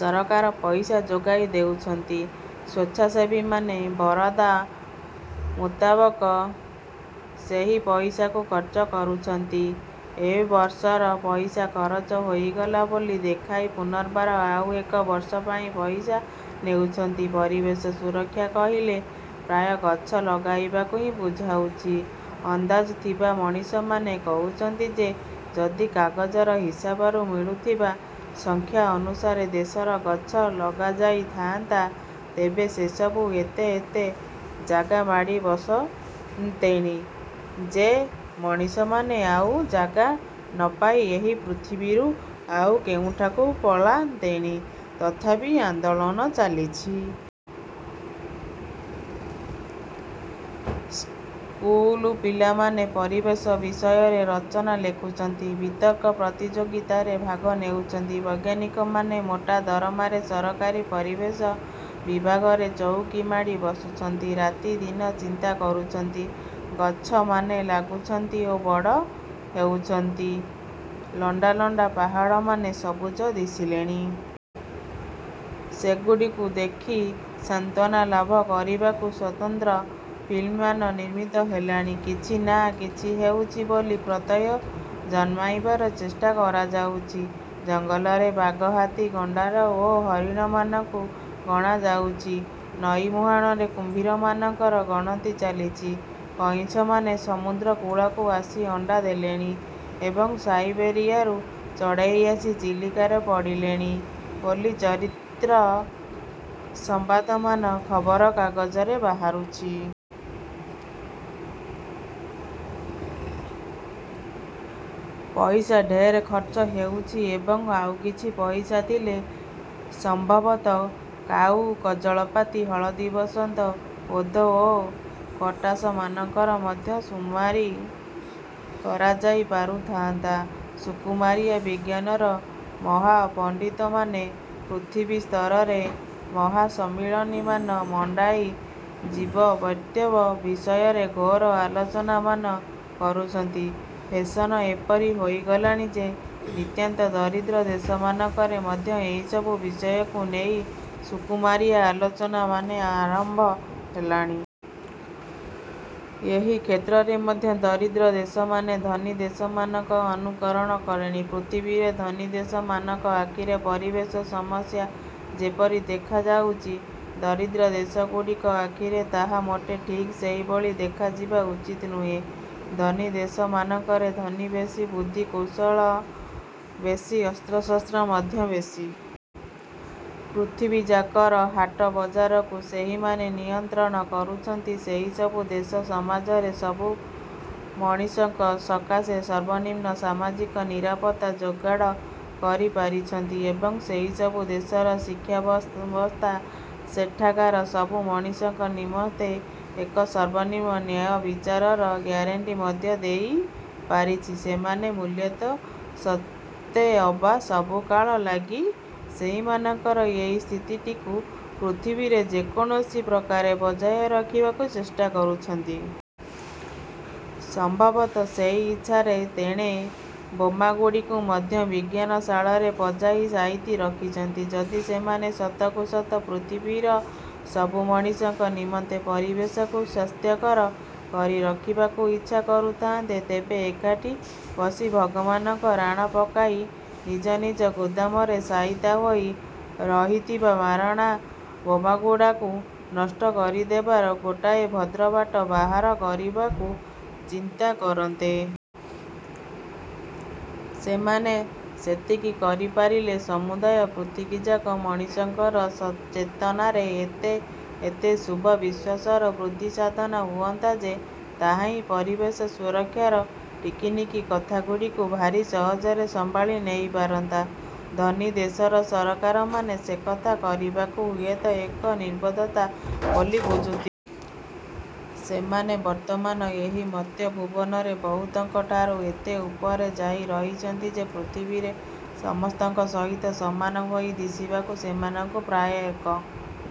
ସରକାର ପଇସା ଯୋଗାଇ ଦେଉଛନ୍ତି, ସେଚ୍ଛାସେବୀମାନେ ବରାଦ ମୁତାବକ ସେହି ପଇସାକୁ ଖର୍ଚ୍ଚ କରୁଛନ୍ତି। ଏବର୍ଷର ପଇସା ଖରଚ ହୋଇଗଲା ବୋଲି ଦେଖାଇ ପୁନର୍ବାର ଆଉ ଏକ ବର୍ଷ ପାଇଁ ପଇସା ନେଉଛନ୍ତି। ପରିବେଶ ସୁରକ୍ଷା କହିଲେ ପ୍ରାୟ ଗଛ ଲଗାଇବାକୁ ହିଁ ବୁଝାଉଛି। ଅନ୍ଦାଜ ଥିବା ମଣିଷମାନେ କହୁଛନ୍ତି ଯେ ଯଦି କାଗଜର ହିସାବରୁ ମିଳୁଥିବା ସଂଖ୍ୟା ଅନୁସାରେ ଦେଶରେ ଗଛ ଲଗାଯାଇଥାନ୍ତା, ତେବେ ସେସବୁ ଏତେ ଏତେ ଜାଗା ମାଡ଼ି ବସନ୍ତେଣି ଯେ, ମଣିଷମାନେ ଆଉ ଜାଗା ନପାଇ ଏହି ପୃଥିବୀରୁ ଆଉ କେଉଁଠାକୁ ପଳାନ୍ତେଣି, ତଥାପି ଆନ୍ଦୋଳନ ଚାଲିଛି। ଇସ୍କୁଲ ପିଲାମାନେ ପରିବେଶ ବିଷୟରେ ରଚନା ଲେଖୁଛନ୍ତି। ବିତର୍କ ପ୍ରତିଯୋଗିତାରେ ଭାଗ ନେଉଛନ୍ତି। ବୈଜ୍ଞାନିକମାନେ ମୋଟା ଦରମାରେ ସରକାରୀ ପରିବେଶ ବିଭାଗରେ ଚଉକୀ ମାଡ଼ି ବସୁଛନ୍ତି, ରାତି ଦିନ ଚିନ୍ତା କରୁଛନ୍ତି। ଗଛମାନେ ଲାଗୁଛନ୍ତି ଓ ବଡ଼ ହେଉଛନ୍ତି। ଲଣ୍ଡା ଲଣ୍ଡା ପାହାଡ଼ମାନେ ସବୁଜ ଦିଶିଲେଣି। ସେଗୁଡ଼ିକୁ ଦେଖି ସାନ୍ତ୍ୱନା ଲାଭ କରିବାକୁ ସ୍ୱତନ୍ତ୍ର ଫିଲ୍ମମାନ ନିର୍ମିତ ହେଲାଣି। କିଛି ନା କିଛି ହେଉଛି ବୋଲି ପ୍ରତ୍ୟୟ ଜନ୍ମାଇବାର ଚେଷ୍ଟା କରାଯାଉଛି। ଜଙ୍ଗଲରେ ବାଘ, ହାତୀ, ଗଣ୍ଡାର ଓ ହରିଣମାନଙ୍କୁ ଗଣାଯାଉଛି। ନଈମୁହାଣରେ କୁମ୍ଭୀରମାନଙ୍କର ଗଣତି ଚାଲିଛି। କଇଁଛମାନେ ସମୁଦ୍ର କୂଳକୁ ଆସି ଅଣ୍ଡା ଦେଲେଣି ଏବଂ ସାଇବେରିଆରୁ ଚଢ଼େଇ ଆସି ଚିଲିକାରେ ପଡ଼ିଲେଣି ବୋଲି ଚରିତ୍ର ସମ୍ବାଦମାନ ଖବର କାଗଜରେ ବାହାରୁଛି। ପଇସା ଢେର ଖର୍ଚ୍ଚ ହେଉଛି ଏବଂ ଆଉକିଛି ପଇସା ଥିଲେ ସମ୍ଭବତଃ କାଉ, କଜଳପାତି, ହଳଦୀବସନ୍ତ, ଓଧ ଓ କଟାସମାନଙ୍କର ମଧ୍ୟ ସୁମାରି କରାଯାଇ ପାରୁଥାନ୍ତା। ସୁକୁମାରିଆ ବିଜ୍ଞାନର ମହାପଣ୍ଡିତମାନେ ପୃଥିବୀ ସ୍ତରରେ ମହାସମ୍ମିଳନୀମାନ ମଣ୍ଡାଇ ଜୀବବୈଚିତ୍ର୍ୟ ବିଷୟରେ ଘୋର ଆଲୋଚନାମାନ କରୁଛନ୍ତି। ଫେଶନ ଏପରି ହୋଇଗଲାଣି ଯେ, ନିତାନ୍ତ ଦରିଦ୍ର ଦେଶମାନଙ୍କରେ ମଧ୍ୟ ଏହିସବୁ ବିଷୟକୁ ନେଇ ସୁକୁମାରିଆ ଆଲୋଚନାମାନ ଆରମ୍ଭ ହେଲାଣି। ଏହି କ୍ଷେତ୍ରରେ ମଧ୍ୟ ଦରିଦ୍ର ଦେଶମାନେ ଧନୀ ଦେଶମାନଙ୍କର ଅନୁକରଣ କଲେଣି। ପୃଥିବୀରେ ଧନୀ ଦେଶମାନଙ୍କ ଆଖିରେ ପରିବେଶ ସମସ୍ୟା ଯେପରି ଦେଖାଯାଉଛି, ଦରିଦ୍ର ଦେଶଗୁଡ଼ିକର ଆଖିରେ ତାହା ମୋଟେ ଠିକ୍ ସେହିଭଳି ଦେଖାଯିବା ଉଚିତ ନୁହେଁ। ଧନୀ ଦେଶମାନଙ୍କରେ ଧନୀ ବେଶୀ, ବୁଦ୍ଧି କୌଶଳ ବେଶୀ, ଅସ୍ତ୍ରଶସ୍ତ୍ର ମଧ୍ୟ ବେଶୀ। ପୃଥିବୀଯାକର ହାଟବଜାରକୁ ସେହିମାନେ ନିୟନ୍ତ୍ରଣ କରୁଛନ୍ତି। ସେହିସବୁ ଦେଶ ସମାଜରେ ସବୁ ମଣିଷଙ୍କ ସକାଶେ ସର୍ବନିମ୍ନ ସାମାଜିକ ନିରାପତ୍ତା ଯୋଗାଡ଼ କରି ପାରିଛନ୍ତି ଏବଂ ସେହିସବୁ ଦେଶର ଶିକ୍ଷାବ୍ୟବସ୍ଥା ସେଠାକାର ସବୁ ମଣିଷଙ୍କ ନିମନ୍ତେ ଏକ ସର୍ବନିମ୍ନ ନ୍ୟାୟବିଚାରର ଗ୍ୟାରେଣ୍ଟି ମଧ୍ୟ ଦେଇପାରିଛି। ସେମାନେ ମୂଳତଃ ସତେଅବା ସବୁ କାଳ ଲାଗି ସେଇମାନଙ୍କର ଏହି ସ୍ଥିତିଟିକୁ ପୃଥିବୀରେ ଯେକୌଣସି ପ୍ରକାରେ ବଜାୟ ରଖିବାକୁ ଚେଷ୍ଟା କରୁଛନ୍ତି। ସମ୍ଭବତଃ ସେହି ଇଚ୍ଛାରେ ତେଣେ ବୋମାଗୁଡ଼ିକୁ ମଧ୍ୟ ବିଜ୍ଞାନଶାଳରେ ପଜାଇ ସାଇତି ରଖିଛନ୍ତି। ଯଦି ସେମାନେ ସତକୁ ସତ ପୃଥିବୀର ସବୁ ମଣିଷଙ୍କ ନିମନ୍ତେ ପରିବେଶକୁ ସ୍ୱାସ୍ଥ୍ୟକର କରି ରଖିବାକୁ ଇଚ୍ଛା କରୁଥାନ୍ତେ, ତେବେ ଏକାଠି ବସି ଭଗବାନଙ୍କ ରାଣ ପକାଇ ନିଜ ନିଜ ଗୋଦାମରେ ସାଇତା ହୋଇ ରହିଥିବା ମାରଣା ବୋମାଗୁଡ଼ାକୁ ନଷ୍ଟ କରିଦେବାର ଗୋଟାଏ ଭଦ୍ର ବାଟ ବାହାର କରିବାକୁ ଚିନ୍ତା କରନ୍ତେ। ସେମାନେ ସେତିକି କରିପାରିଲେ ସମୁଦାୟ ପୃଥିବୀଯାକ ମଣିଷଙ୍କର ଚେତନାରେ ଏତେ ଏତେ ଶୁଭ ବିଶ୍ୱାସର ବୃଦ୍ଧିସାଧନ ହୁଅନ୍ତା ଯେ, ତାହା ହିଁ ପରିବେଶ ସୁରକ୍ଷାର ଟିକିନିଖି କଥାଗୁଡ଼ିକୁ ଭାରି ସହଜରେ ସମ୍ଭାଳି ନେଇପାରନ୍ତା। ଧନୀ ଦେଶର ସରକାରମାନେ ସେକଥା କରିବାକୁ ହୁଏତ ଏକ ନିର୍ବୋଧତା ବୋଲି ବୁଝୁଥି। ସେମାନେ ବର୍ତ୍ତମାନ ଏହି ମର୍ତ୍ତ୍ୟଭୁବନରେ ବହୁତଙ୍କ ଠାରୁ ଏତେ ଉପରେ ଯାଇ ରହିଛନ୍ତି ଯେ ପୃଥିବୀରେ ସମସ୍ତଙ୍କ ସହିତ ସମାନ ହୋଇ ଦିଶିବାକୁ ସେମାନଙ୍କୁ ପ୍ରାୟ ଏକ